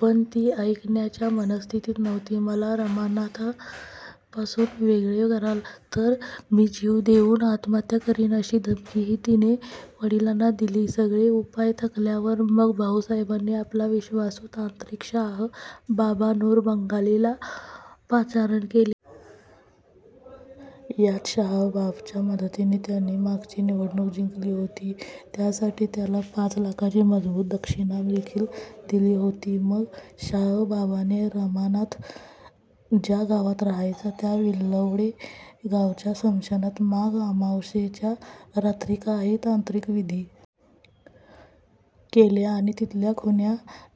पण ती ऐकण्याच्या मनस्थितीत नव्हती"मला रमानाथ पासून वेगळे कराल तर मी जीव देवून आत्महत्या करीन" अशी धमकीही तिने वडिलांना दिलीसगळे उपाय थकल्या वर मग भाऊसाहेबांनी आपला विश्वासू तांत्रिक शाह बाबा नूर बंगाली ला पाचारण केले. याच शाह बाबाच्या मदतीने त्यांनी मागची निवडणूक जिंकली होतीत्यासाठी त्याला पाच लाखाची मजबूत दक्षिणा देखील दिली होतीमग शाह बाबाने रमानाथ ज्या गावात राहायचा त्या विलवडे गावाच्या स्मशानात माघ अमावास्येच्या रात्री काही तांत्रिक विधी केले, आणि तिथल्या "खुन्या"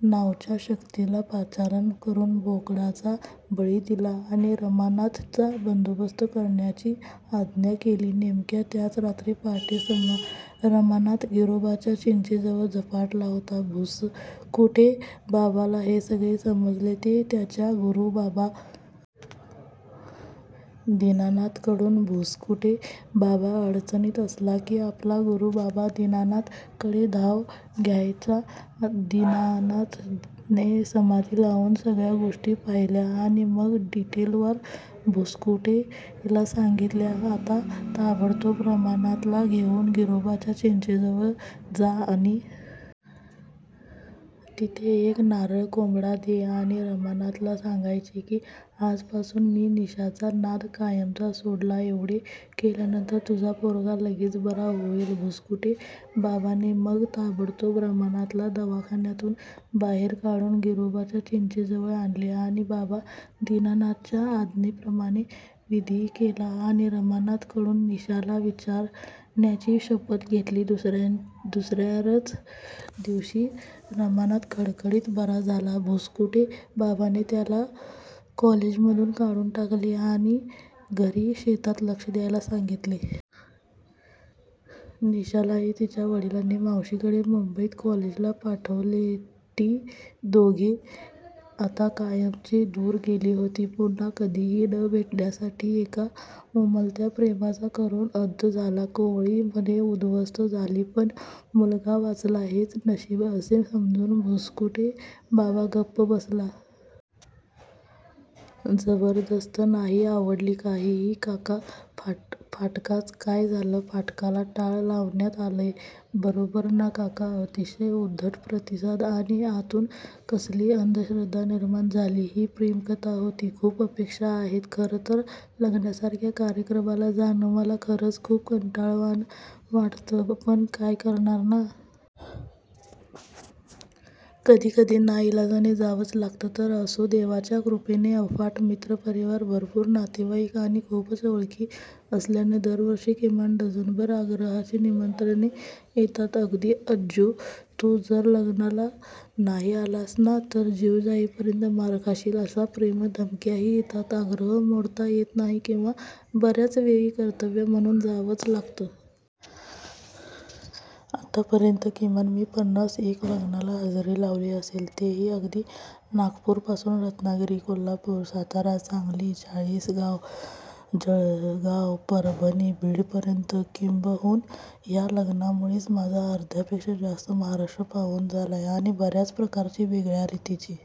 नावच्या शक्तीला पाचारण करून बोकडाचा बळी दिलाआणि रमानाथ चा बंदोबस्त करण्याची आज्ञा केलीनेमक्या त्याच रात्री पहाटे रमानाथ गिरोबाच्या चिंचेजवळ झपाटला होताभुसकुटे बाबाला हे सगळे समजले ते त्याच्या गुरु बाबा दीनानाथ कडूनभुसकुटे बाबा अडचणीत असला की आपला गुरु बाबा दीनानाथ कडे धाव घ्यायचादीनानाथ ने समाधी लावून सगळ्या गोष्टी पाहिल्या आणि मग डिटेलवार भुसकुटे ला सांगितल्याआता ताबडतोब रमानाथ ला घेवून गिरोबाच्या चिंचेजवळ जा आणि तिथे एक नारळ कोंबडा दे आणि रमानाथ ला सांगायचे की आजपासून मी निशाचा नाद कायमचा सोडलाएवढे केल्यानंतर तुझा पोरगा लगेच बरा होईलभुसकुटे बाबाने मग ताबडतोब रमानाथ ला दवाखान्यातून बाहेर काढून गिरोबाच्या चिंचे जवळ आणले, आणि बाबा दीनानाथच्या आज्ञेप्रमाणे विधी केला आणि रमानाथ कडून निशाला विसरण्याची शपथ घेतलीदुसर्यारच दिवशी रमानाथ खडखडीत बरा झाला, भुसकुटे बाबाने त्याला कॉलेज मधून काढून टाकलेआणि घरी शेतीत लक्ष द्यायला सांगितले.. निशालाही तिच्या वडिलांनी मावशीकडे मुंबईत कॉलेजला पाठवलेटी दोघे आता कायमची दूर गेली होती.. पुन्हा कधीही न भेटण्यासाठीएका उमलत्या प्रेमाचा करुण अंत झाला, कोवळी मने उद्ध्वस्त झालीपण मुलगा वाचला हेच नशीब असे समजून भुसकुटे बाबा गप्प बसला! जबरदस्तनाही आवडली.. काहीहीकाका, फाटकाच काय झाल???? फाटकाला टाळं लावण्यात आलंय. बरोबर ना काका. अतिशय उद्धट प्रतिसाद आणी यातून कसली अंधश्रद्धा निर्माण झाली. ही प्रेमकथा होती?.. खुप अपेक्षा आहेत खरंतरं लग्नासारख्या कार्यक्रमाला जाणं मला खरचं खुप कंटाळणवाणं वाटतं पण काय करणार ना? कधी कधी नाईलाजाने जावचं लागत. तर असो, देवाच्या कृपेने अफाट मित्रपरिवार, भरपूर नातेवाईक आणि खुपच ओळखी असल्याने दरवर्षी किमान डझनभर आग्रहाची निमंत्रणे येतात अगदी "अज्जु तु जर लग्नाला नाही आलास ना तर जीव जाईपर्यंत मार खाशील" अशा प्रेमळ धमक्याही येतात, आग्रह मोडता येत नाही किंवा बर्याचवेळा कर्तव्य म्हणून जावचं लागतं. आतापर्यंत किमान मी पन्नास एक लग्नाला हजेरी लावली असेल.. ते ही अगदी नागपूरपासून रत्नागिरी, कोल्हापूर, सातारा, सांगली, चाळीसगाव, जळगाव, परभणी, बीडपर्यंत किंबहुना ह्या लग्नांमुळेच माझा अर्ध्यापेक्षा जास्त महाराष्ट्र पाहून झालाय आणि बर्याच प्रकारची, वेगळ्या रितीची